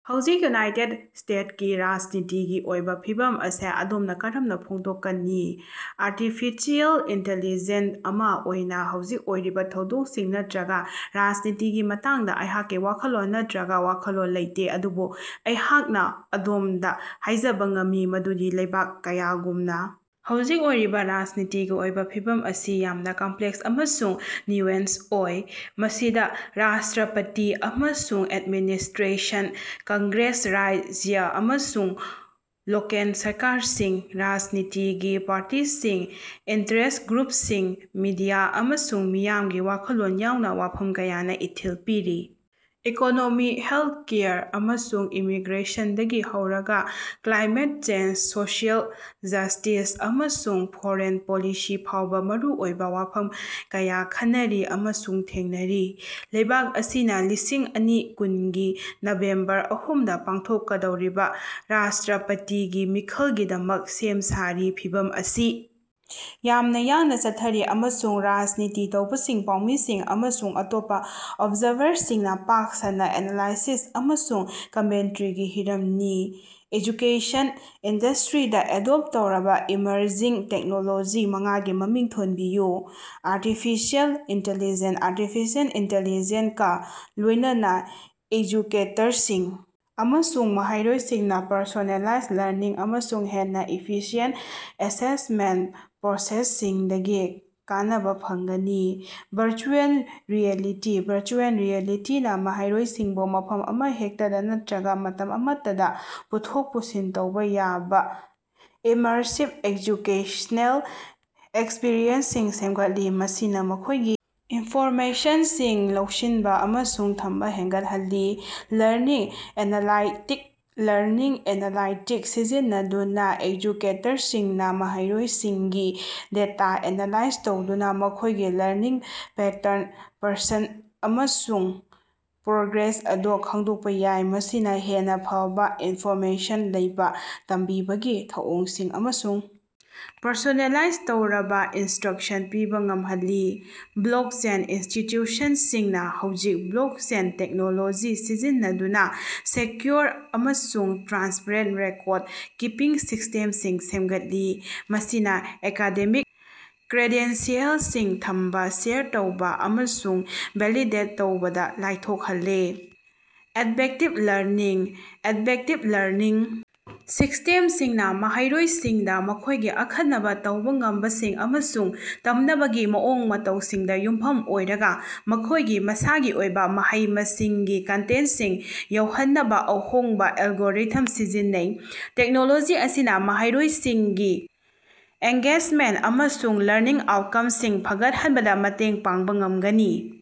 ꯍꯧꯖꯤꯛ ꯌꯨꯅꯥꯏꯇꯦꯗ ꯁ꯭ꯇꯦꯇꯁꯀꯤ ꯔꯥꯖꯅꯤꯇꯤꯒꯤ ꯑꯣꯏꯕ ꯐꯤꯚꯝ ꯑꯁꯤ ꯑꯗꯣꯝꯅ ꯀꯔꯝꯅ ꯐꯣꯡꯗꯣꯛꯀꯅꯤ? ꯑꯥꯔꯇꯤꯐꯤꯁꯤꯑꯦꯜ ꯏꯟꯇꯤꯂꯤꯖꯦꯟꯁ ꯑꯃ ꯑꯣꯏꯅ ꯍꯧꯖꯤꯛ ꯑꯣꯏꯔꯤꯕ ꯊꯧꯗꯣꯛꯁꯤꯡ ꯅꯠꯇꯔꯒ ꯔꯥꯖꯅꯤꯇꯤꯒꯤ ꯃꯇꯥꯡꯗ ꯑꯩꯍꯥꯛꯀꯤ ꯋꯥꯈꯜꯂꯣꯟ ꯅꯠꯇꯔꯒ‌ ꯋꯥꯈꯜꯂꯣꯟ ꯂꯩꯇꯦ꯫ ꯑꯗꯨꯕꯨ ꯑꯩꯍꯥꯛꯅ ꯑꯗꯣꯝꯗ ꯍꯥꯏꯖꯕꯥ ꯉꯝꯃꯤ ꯃꯗꯨꯗꯤ ꯂꯩꯕꯥꯛ ꯀꯌꯥꯒꯨꯝꯅ ꯍꯧꯖꯤꯛ ꯑꯣꯏꯔꯤꯕ ꯔꯥꯖꯅꯤꯇꯤꯒꯤ ꯑꯣꯏꯕ ꯐꯤꯚꯝ ꯑꯁꯤ ꯌꯥꯝꯅ ꯀꯝꯄ꯭ꯂꯦꯛꯁ ꯑꯃꯁꯨꯡ ꯅ꯭ꯌꯨꯑꯦꯟꯁ ꯑꯣꯏ꯫ ꯃꯁꯤꯗ ꯔꯥꯁꯇ꯭ꯔꯄꯥꯇꯤ ꯑꯃꯁꯨꯡ ꯑꯦꯗꯃꯤꯅꯤꯁꯇ꯭ꯔꯦꯁꯟ, ꯀꯪꯒ꯭ꯔꯦꯁ, ꯔꯥꯖ꯭ꯌ ꯑꯃꯁꯨꯡ ꯂꯣꯀꯦꯜ ꯁꯔꯀꯥꯔꯁꯤꯡ, ꯔꯥꯖꯅꯤꯇꯤꯒꯤ ꯄꯥꯔꯇꯤꯁꯤꯡ, ꯏꯟꯇꯔꯦꯁ꯭ꯠ ꯒ꯭ꯔꯨꯞꯁꯤꯡ, ꯃꯤꯗꯤꯌꯥ, ꯑꯃꯁꯨꯡ ꯃꯤꯌꯥꯝꯒꯤ ꯋꯥꯈꯜꯂꯣꯟ ꯌꯥꯎꯅ ꯋꯥꯐꯝ ꯀꯌꯥꯅ ꯏꯊꯤꯜ ꯄꯤꯔꯤ꯫ ꯏꯀꯣꯅꯣꯃꯤ, ꯍꯦꯜꯊꯀꯦꯌꯔ, ꯑꯃꯁꯨꯡ ꯏꯃꯤꯒ꯭ꯔꯦꯁꯟꯗꯒꯤ ꯍꯧꯔꯒꯥ ꯀ꯭ꯂꯥꯏꯃꯦꯠ ꯆꯦꯟꯖ, ꯁꯣꯁꯤꯑꯦꯜ ꯖ꯭ꯁꯇꯤꯁ, ꯑꯃꯁꯨꯡ ꯐꯣꯔꯦꯟ ꯄꯣꯂꯤꯁꯤ ꯐꯥꯎꯕ ꯃꯔꯨꯑꯣꯏꯕ ꯋꯥꯐꯝ ꯀꯌꯥ ꯈꯟꯅꯔꯤ ꯑꯃꯁꯨꯡ ꯊꯦꯡꯅꯔꯤ꯫ ꯂꯩꯕꯥꯛ ꯑꯁꯤꯅ ꯂꯤꯁꯤꯡ ꯑꯅꯤ ꯀꯨꯟꯒꯤ ꯅꯕꯦꯝꯕꯔ ꯑꯍꯨꯝꯗꯥ ꯄꯥꯡꯊꯣꯛꯀꯗꯧꯔꯤꯕ ꯔꯥꯁꯇ꯭ꯔꯄꯥꯇꯤꯒꯤ ꯃꯤꯈꯜꯒꯤꯗꯃꯛ ꯁꯦꯝ ꯁꯥꯔꯤ, ꯐꯤꯚꯝ ꯑꯁꯤ ꯌꯥꯝꯅ ꯌꯥꯡꯅ ꯆꯠꯊꯔꯤ ꯑꯃꯁꯨꯡ ꯔꯥꯖꯅꯤꯇꯤ ꯇꯧꯕꯁꯤꯡ, ꯄꯥꯎꯃꯤꯁꯤꯡ, ꯑꯃꯁꯨꯡ ꯑꯇꯣꯞꯄ ꯑꯣꯕꯖꯥꯔꯚꯔꯁꯤꯡꯅ ꯄꯥꯛ ꯁꯟꯅꯥ ꯑꯦꯅꯥꯂꯥꯏꯁꯤꯁ ꯑꯃꯁꯨꯡ ꯀꯃꯦꯟꯇꯔꯤꯒꯤ ꯍꯤꯔꯝꯅꯤ꯫ ꯑꯦꯖꯨꯀꯦꯁꯟ ꯏꯟꯗꯁꯇ꯭ꯔꯤꯗ ꯑꯦꯗꯣꯞꯇ ꯇꯧꯔꯕꯥ ꯏꯃꯔꯖꯤꯡ ꯇꯦꯛꯅꯣꯂꯣꯖꯤ ꯃꯉꯥꯒꯤ ꯃꯃꯤꯡ ꯊꯣꯟꯕꯤꯌꯨ꯫ ꯑꯥꯔꯇꯤꯐꯤꯁꯤꯑꯦꯜ ꯏꯟꯇꯦꯂꯤꯖꯦꯟꯁ - ꯑꯥꯔꯇꯤꯐꯤꯁꯤꯑꯦꯜ ꯏꯟꯇꯤꯂꯤꯖꯦꯟꯁ ꯀꯥ ꯂꯣꯏꯅꯅꯥ ꯑꯦꯖꯨꯀꯦꯇꯔꯁꯤꯡ ꯑꯃꯁꯨꯡ ꯃꯍꯩꯔꯣꯏꯁꯤꯡꯅ ꯄꯔꯁꯣꯅꯦꯂꯥꯏꯖ ꯂꯔꯅꯤꯡ ꯑꯃꯁꯨꯡ ꯍꯦꯟꯅ ꯏꯐꯤꯁꯤꯌꯦꯟꯇ ꯑꯦꯁꯦꯁꯃꯦꯟꯇ ꯄ꯭ꯔꯣꯁꯦꯁꯁꯤꯡꯗꯒꯤ ꯀꯥꯟꯅꯕꯥ ꯐꯪꯒꯅꯤ꯫ ꯚꯔꯆꯨꯑꯦꯜ ꯔꯤꯑꯦꯂꯤꯇꯤ - ꯚꯔꯆꯨꯑꯦꯜ ꯔꯤꯑꯦꯂꯤꯇꯤ ꯅꯥ ꯃꯍꯩꯔꯣꯏꯁꯤꯡꯕꯨ ꯃꯐꯝ ꯑꯃꯍꯦꯛꯇꯗꯥ ꯅꯠꯇꯔꯒ ꯃꯇꯝ ꯑꯃꯠꯇꯗꯥ ꯄꯨꯊꯣꯛ ꯄꯨꯁꯤꯟ ꯇꯧꯕ ꯌꯥꯕ ꯏꯃꯔꯁꯤꯕ ꯑꯦꯖꯨꯀꯦꯁꯅꯦꯜ ꯑꯦꯛꯁꯄꯤꯔꯤꯑꯦꯟꯁꯁꯤꯡ ꯁꯦꯝꯒꯠꯂꯤ, ꯃꯁꯤꯅ ꯃꯈꯣꯏꯒꯤ ꯏꯟꯐꯣꯔꯃꯦꯁꯟꯁꯤꯡ ꯂꯧꯁꯤꯟꯕ ꯑꯃꯁꯨꯡ ꯊꯝꯕ ꯍꯦꯟꯒꯠꯍꯜꯂꯤ꯫ ꯂꯔꯅꯤꯡ ꯑꯦꯅꯥꯂꯥꯏꯇꯤꯛꯁ - ꯂꯔꯅꯤꯡ ꯑꯦꯅꯥꯂꯥꯏꯇꯤꯛꯁ ꯁꯤꯖꯤꯟꯅꯗꯨꯅ ꯑꯦꯖꯨꯀꯦꯇꯔꯁꯤꯡꯅ ꯃꯍꯩꯔꯣꯏꯁꯤꯡꯒꯤ ꯗꯦꯇꯥ ꯑꯦꯅꯥꯂꯥꯏꯖ ꯇꯧꯗꯨꯅ ꯃꯈꯣꯏꯒꯤ ꯂꯔꯅꯤꯡ ꯄꯦꯇꯔꯟ, ꯄꯁꯟꯗ ꯑꯃꯁꯨꯡ ꯄ꯭ꯔꯣꯒ꯭ꯔꯦꯁ ꯑꯗꯨ ꯈꯪꯗꯣꯛꯄ ꯌꯥꯏ, ꯃꯁꯤꯅ ꯍꯦꯟꯅ ꯐꯕꯥ ꯏꯟꯐꯣꯔꯃꯦꯁꯟ ꯂꯩꯕ ꯇꯝꯕꯤꯕꯒꯤ ꯊꯧꯑꯣꯡꯁꯤꯡ ꯑꯃꯁꯨꯡ ꯄꯔꯁꯣꯅꯦꯂꯥꯏꯖ ꯇꯧꯔꯕ ꯏꯟꯁꯇ꯭ꯔꯛꯁꯟ ꯄꯤꯕ ꯉꯝꯍꯜꯂꯤ꯫ ꯕ꯭ꯂꯣꯛꯆꯦꯟ - ꯏꯟꯁꯇꯤꯇ꯭ꯌꯨꯁꯟꯁꯤꯡꯅ ꯍꯧꯖꯤꯛ ꯕ꯭ꯂꯣꯛꯆꯦꯟ ꯇꯦꯛꯅꯣꯂꯣꯖꯤ ꯁꯤꯖꯤꯟꯅꯗꯨꯅ ꯁꯦꯀ꯭ꯌꯨꯔ ꯑꯃꯁꯨꯡ ꯇ꯭ꯔꯥꯟꯁꯄꯔꯦꯟꯇ ꯔꯦꯀꯣꯔꯗ-ꯀꯤꯄꯤꯡ ꯁꯤꯁꯇꯦꯝꯁꯤꯡ ꯁꯦꯝꯒꯠꯂꯤ, ꯃꯁꯤꯅ ꯑꯦꯀꯥꯗꯦꯃꯤꯛ ꯀ꯭ꯔꯦꯗꯦꯟꯁꯤꯑꯦꯜꯁꯤꯡ ꯊꯝꯕ, ꯁꯦꯌꯔ ꯇꯧꯕ ꯑꯃꯁꯨꯡ ꯚꯦꯂꯤꯗꯦꯠ ꯇꯧꯕꯗ ꯂꯥꯏꯊꯣꯛꯍꯜꯂꯦ꯫ ꯑꯦꯗꯕꯦꯛꯇꯤꯕ ꯂꯔꯅꯤꯡ - ꯑꯦꯗꯕꯦꯛꯇꯤꯕ ꯂꯔꯅꯤꯡ ꯁꯤꯁꯇꯦꯝꯁꯤꯡꯅ ꯃꯍꯩꯔꯣꯏꯁꯤꯡꯗ ꯃꯈꯣꯏꯒꯤ ꯑꯈꯟꯅꯕꯥ ꯇꯧꯕ ꯉꯝꯕꯁꯤꯡ ꯑꯃꯁꯨꯡ ꯇꯝꯅꯕꯒꯤ ꯃꯑꯣꯡ ꯃꯇꯧꯁꯤꯡꯗ ꯌꯨꯝꯐꯝ ꯑꯣꯏꯔꯒ, ꯃꯈꯣꯏꯒꯤ ꯃꯁꯥꯒꯤ ꯑꯣꯏꯕ ꯃꯍꯩ-ꯃꯁꯤꯡꯒꯤ ꯀꯟꯇꯦꯟꯇꯁꯤꯡ ꯌꯧꯍꯟꯅꯕꯥ ꯑꯍꯣꯡꯕ ꯑꯦꯜꯒꯣꯔꯤꯊꯝꯁꯤꯡ ꯁꯤꯖꯤꯟꯅꯩ꯫ ꯇꯦꯛꯅꯣꯂꯣꯖꯤ ꯑꯁꯤꯅ ꯃꯍꯩꯔꯣꯏꯁꯤꯡꯒꯤ ꯑꯦꯡꯒꯦꯖꯃꯦꯟꯇ ꯑꯃꯁꯨꯡ ꯂꯔꯅꯤꯡ ꯑꯥꯎꯠꯀꯝꯁꯤꯡ ꯐꯒꯠꯍꯟꯕꯗ ꯃꯇꯦꯡ ꯄꯥꯡꯕ ꯉꯝꯒꯅꯤ꯫